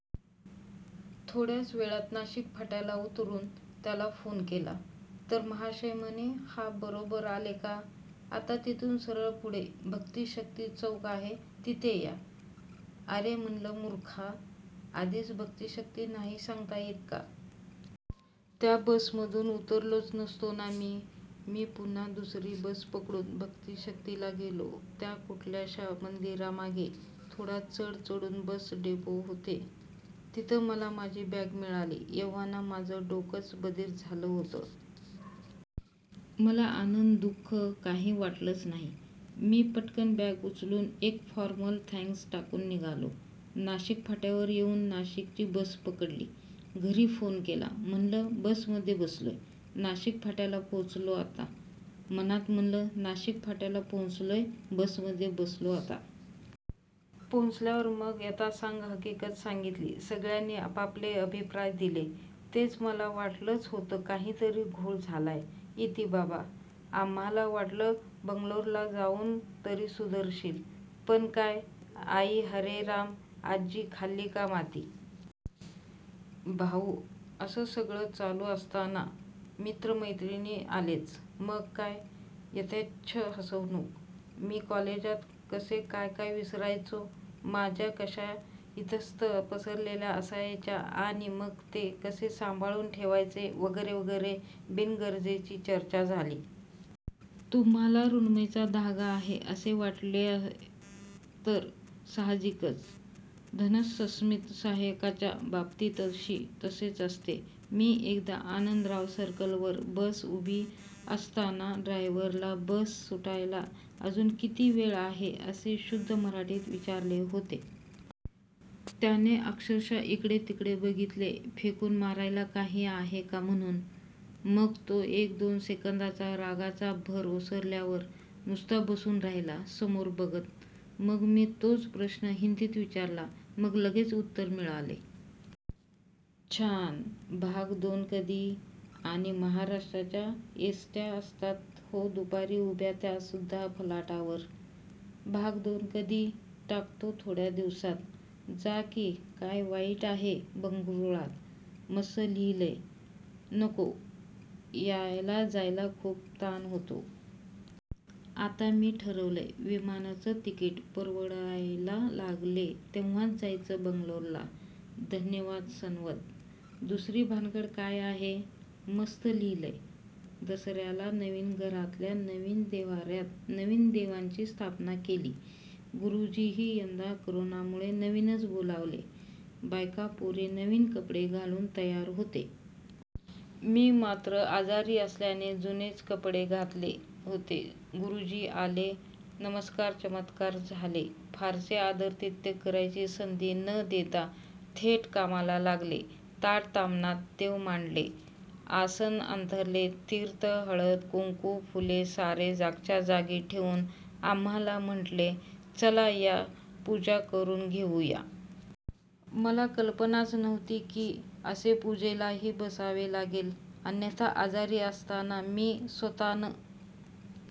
थोड्याच वेळात नाशिक फाट्याला उतरून त्याला फोन केला, तर महाशय म्हणे हा बरोबर आले का? आता तिथून सरळ पुढे भक्तीशक्ती चौक आहे तिथे या. अरे म्हणलं मूर्खा! आधीच भक्तीशक्ती नाही सांगता येत का. त्या बसमधून उतरलोच नसतो ना मी. मी पुन्हा दुसरी बस पकडून भक्तीशक्तीला गेलो. त्या कुठल्याशा मंदिरामागे थोडा चढ चढून बस डेपो होते. तिथे मला माझी बॅग मिळाली. एव्हाना माझं डोकंच बधीर झालं होतं. मला आनंद दुःख काही वाटलंच नाही. मी पटकन बॅग उचलून एक फॉर्मल थँक्स टाकून निघालो. नाशिक फाट्यावर येऊन नाशिकची बस पकडली. घरी फोन केला म्हणलं बसमध्ये बसलोय, नाशिक फाट्याला पोहोचलो आता. मनात म्हणलं नाशिक फाट्याला पोहोचलोय, बसमध्ये बसलो आता. पोहोचल्यावर मग यथासांग हकीकत सांगितली. सगळ्यांनी आपापले अभिप्राय दिले. तेच मला वाटलंच होतं काहीतरी घोळ झालाय, इति बाबा. आम्हाला वाटलं बंगलोरला जाऊन तरी सुधरशील, पण काय, आई. हरे राम, आज्जी. खाल्ली का माती? भाऊ. असं सगळं चालू असताना मित्र मैत्रिणी आलेच. मग काय. यथेच्छ हसवणूक. मी कॉलेजात कसे काय काय विसरायचो, माझ्या कशा इतस्तत: पसरलेल्या असायच्या आणि मग ते कसे सांभाळून ठेवायचे वगैरे वगैरे बिनगरजेची चर्चा झाली. तुम्हाला ऋन्मयचा धागा आहे असे वाटले तर साहजिकच. धन्स सस्मित, सहायकाच्या बाबतीतशी तसेच असते. मी एकदा आनंदराव सर्कलवर बस उभी असताना ड्रायव्हरला बस सुटायला अजून किती वेळ आहे असे शुद्ध मराठीत विचारले होते. त्याने अक्षरशः इकडे तिकडे बघितले फेकून मारायला काही आहे का म्हणून. मग तो एक-दोन सेकंदांचा रागाचा भर ओसरल्यावर नुसता बसून राहिला समोर बघत. मग मी तोच प्रश्न हिंदीत विचारला. मग लगेच उत्तर मिळाले. छान, भाग दोन कधी? आणि महाराष्ट्राच्या एसट्या असतात हो दुपारी उभ्या त्यासुद्धा फलाटावर. भाग दोन कधी? टाकतो थोड्या दिवसांत. जा की. काय वाईट आहे बंगळुरूत? मस्त लिहिलंय! नको. जायला यायला खूप ताण होतो. आता मी ठरवलंय विमानाचं तिकीट परवडायला लागेल तेव्हाच जायचं बंगलोरला. धन्यवाद सनवद, दुसरी भानगड काय आहे? मस्त लिहिलंय! दसऱ्याला नवीन घरातल्या नवीन देव्हाऱ्यात नवीन देवांची स्थापना केली. गुरुजीही यंदा कोरोनामुळे नवीनच बोलावले. बायकापोरे नवीन कपडे घालून तयार होते. मी मात्र आजारी असल्याने जुनेच कपडे घातले होते. गुरुजी आले. नमस्कार चमत्कार झाले. फारसे आदरातिथ्य करायची संधी न देता थेट कामाला लागले. ताट ताम्हाणात देव मांडले. आसन अंथरले. तीर्थ हळद कुंकू फुले सारे जागच्या जागी ठेवून आम्हाला म्हटले चला या पूजा करून घेऊया. मला कल्पनाच नव्हती की असे पूजेलाही बसावे लागेल. अन्यथा आजारी असताना मी स्वतः न